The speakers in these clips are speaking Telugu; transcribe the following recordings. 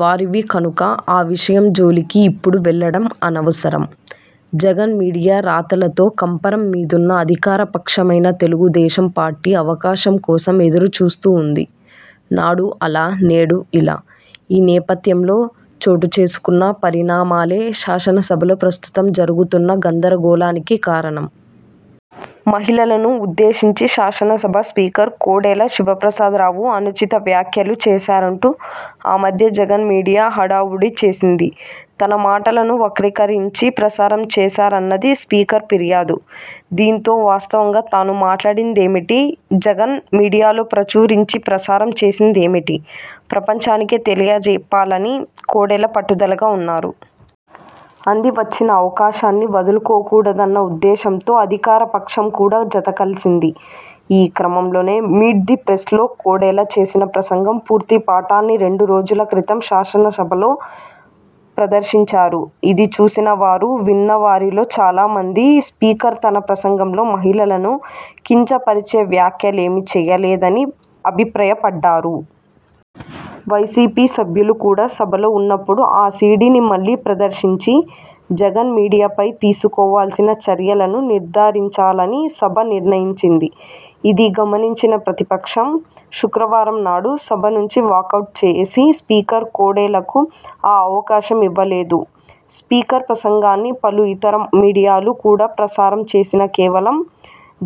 వారివి కనుక ఆ విషయం జోలికి ఇప్పుడు వెళ్లడం అనవసరం. జగన్ మీడియా రాతలతో కంపరం మీదున్న అధికారపక్షమైన తెలుగుదేశం పార్టీ అవకాశం కోసం ఎదురుచూస్తూ ఉంది. నాడు అలా.. నేడు ఇలా! ఈ నేపథ్యంలో చోటుచేసుకున్న పరిణామాలే శాసనసభలో ప్రస్తుతం జరుగుతున్న గందరగోళానికి కారణం. మహిళలను ఉద్దేశించి శాసనసభ స్పీకర్ కోడెల శివప్రసాదరావు అనుచిత వ్యాఖ్యలు చేశారంటూ ఆ మధ్య జగన్ మీడియా హడావుడి చేసింది. తన మాటలను వక్రీకరించి ప్రసారం చేశారన్నది స్పీకర్ ఫిర్యాదు. దీంతో వాస్తవంగా తాను మాట్లాడింది ఏమిటి, జగన్ మీడియాలో ప్రచురించి, ప్రసారం చేసింది ఏమిటో ప్రపంచానికి తెలియజెప్పాలని కోడెల పట్టుదలగా ఉన్నారు. అంది వచ్చిన అవకాశాన్ని వదులుకోకూడదన్న ఉద్దేశంతో అధికారపక్షం కూడా జత కలిసింది. ఈ క్రమంలోనే మీట్ ది ప్రెస్లో కోడెల చేసిన ప్రసంగం పూర్తి పాఠాన్ని రెండు రోజుల క్రితం శాసనసభలో ప్రదర్శించారు. ఇది చూసినవారు, విన్న వారిలో చాలా మంది స్పీకర్ తన ప్రసంగంలో మహిళలను కించపరిచే వ్యాఖ్యలు ఏమీ చేయలేదని అభిప్రాయపడ్డారు. వైసీపీ సభ్యులు కూడా సభలో ఉన్నప్పుడు ఆ సీడీని మళ్లీ ప్రదర్శించి జగన్ మీడియాపై తీసుకోవలసిన చర్యలను నిర్ధారించాలని సభ నిర్ణయించింది. ఇది గమనించిన ప్రతిపక్షం, శుక్రవారంనాడు సభ నుంచి వాకౌట్ చేసి స్పీకర్ కోడెలకు ఆ అవకాశం ఇవ్వలేదు. స్పీకర్ ప్రసంగాన్ని పలు ఇతర మీడియాలు కూడా ప్రసారం చేసినా కేవలం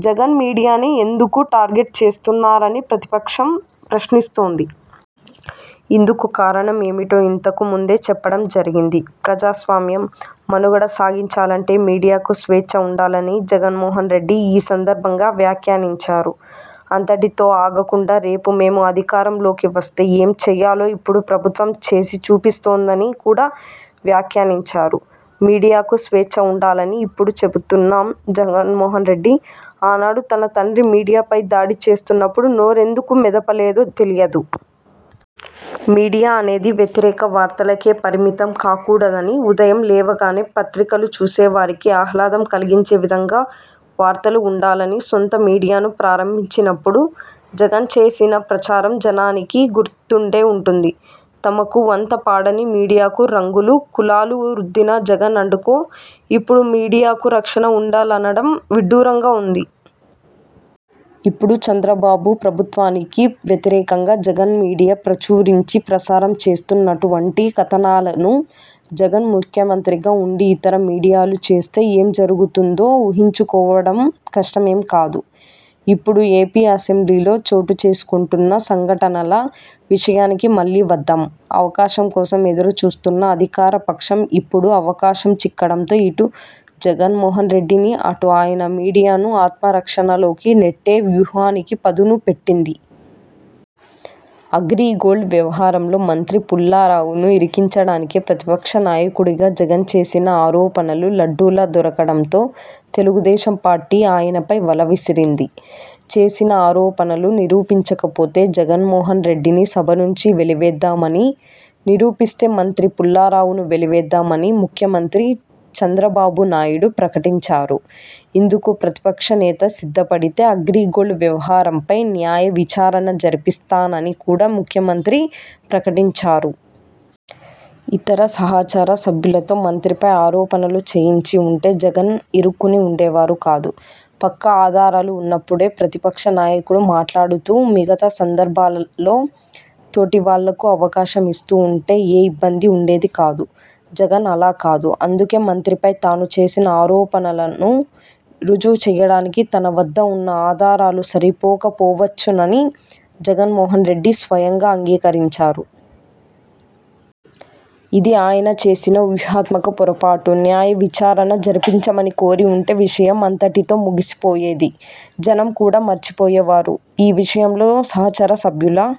జగన్ మీడియానే ఎందుకు టార్గెట్ చేస్తున్నారని ప్రతిపక్ష ప్రశ్నిస్తోంది. ఇందుకు కారణం ఏమిటో ఇంతకు ముందే చెప్పడం జరిగింది. ప్రజాస్వామ్యం మనుగడ సాగించాలంటే మీడియాకు స్వేచ్ఛ ఉండాలని జగన్మోహన్రెడ్డి ఈ సందర్భంగా వ్యాఖ్యానించారు. అంతటితో ఆగకుండా రేపు మేము అధికారంలోకి వస్తే ఏమి చేయాలో ఇప్పుడు ప్రభుత్వం చేసి చూపిస్తోందని కూడా వ్యాఖ్యానించారు. మీడియాకు స్వేచ్ఛ ఉండాలని ఇప్పుడు చెబుతున్న జగన్మోహన్రెడ్డి, ఆనాడు తన తండ్రి మీడియాపై దాడి చేస్తున్నప్పుడు నోరు ఎందుకు మెదపలేదో తెలియదు. మీడియా అనేది వ్యతిరేక వార్తలకే పరిమితం కాకూడదనీ, ఉదయం లేవగానే పత్రికలు చూసేవారికి ఆహ్లాదం కలిగించే విధంగా వార్తలు ఉండాలనీ సొంత మీడియాను ప్రారంభించినప్పుడు జగన్ చేసిన ప్రచారం జనానికి గుర్తుండే ఉంటుంది. తమకు వంతపాడని మీడియాకు రంగులు, కులాలు రుద్దిన జగన్ అండ్ కో, ఇప్పుడు మీడియాకు రక్షణ ఉండాలనడం విడ్డూరంగా ఉంది. ఇప్పుడు చంద్రబాబు ప్రభుత్వానికి వ్యతిరేకంగా జగన్ మీడియా ప్రచురించి, ప్రసారం చేస్తున్నటువంటి కథనాలను జగన్ ముఖ్యమంత్రిగా ఉండి ఇతర మీడియాలు చేస్తే ఏమి జరుగుతుందో ఊహించుకోవడం కష్టమేమీ కాదు. ఇప్పుడు ఏపీ అసెంబ్లీలో చోటుచేసుకుంటున్న సంఘటనల విషయానికి మళ్లీ వద్దాం. అవకాశం కోసం ఎదురుచూస్తున్న అధికారపక్షం ఇప్పుడు అవకాశం చిక్కడంతో ఇటు జగన్మోహన్రెడ్డిని, అటు ఆయన మీడియాను ఆత్మరక్షణలోకి నెట్టే వ్యూహానికి పదును పెట్టింది. అగ్రి గోల్డ్ వ్యవహారంలో మంత్రి పుల్లారావును ఇరికించడానికి ప్రతిపక్ష నాయకుడిగా జగన్ చేసిన ఆరోపణలు లడ్డూలా దొరకడంతో తెలుగుదేశం పార్టీ ఆయనపై వల విసిరింది. చేసిన ఆరోపణలు నిరూపించకపోతే జగన్మోహన్రెడ్డిని సభ నుంచి వెలివేద్దామనీ, నిరూపిస్తే మంత్రి పుల్లారావును వెలివేద్దామనీ ముఖ్యమంత్రి చంద్రబాబునాయుడు ప్రకటించారు. ఇందుకు ప్రతిపక్ష నేత సిద్ధపడితే అగ్రి గోల్డ్ వ్యవహారంపై న్యాయ విచారణ జరిపిస్తానని కూడా ముఖ్యమంత్రి ప్రకటించారు. ఇతర సహచర సభ్యులతో మంత్రిపై ఆరోపణలు చేయించి ఉంటే జగన్ ఇరుక్కుని ఉండేవారు కాదు. పక్కా ఆధారాలు ఉన్నప్పుడే ప్రతిపక్ష నాయకుడు మాట్లాడుతూ, మిగతా సందర్భాలలో తోటివాళ్లకు అవకాశం ఇస్తూ ఉంటే ఏ ఇబ్బందీ ఉండేది కాదు. జగన్ అలా కాదు. అందుకే మంత్రిపై తాను చేసిన ఆరోపణలను రుజువు చేయడానికి తన వద్ద ఉన్న ఆధారాలు సరిపోకపోవచ్చునని జగన్మోహన్రెడ్డి స్వయంగా అంగీకరించారు. ఇది ఆయన చేసిన వ్యూహాత్మక పొరపాటు! న్యాయ విచారణ జరిపించమని కోరి ఉంటే విషయం అంతటితో ముగిసిపోయేది. జనం కూడా మర్చిపోయేవారు. ఈ విషయంలో సహచర సభ్యుల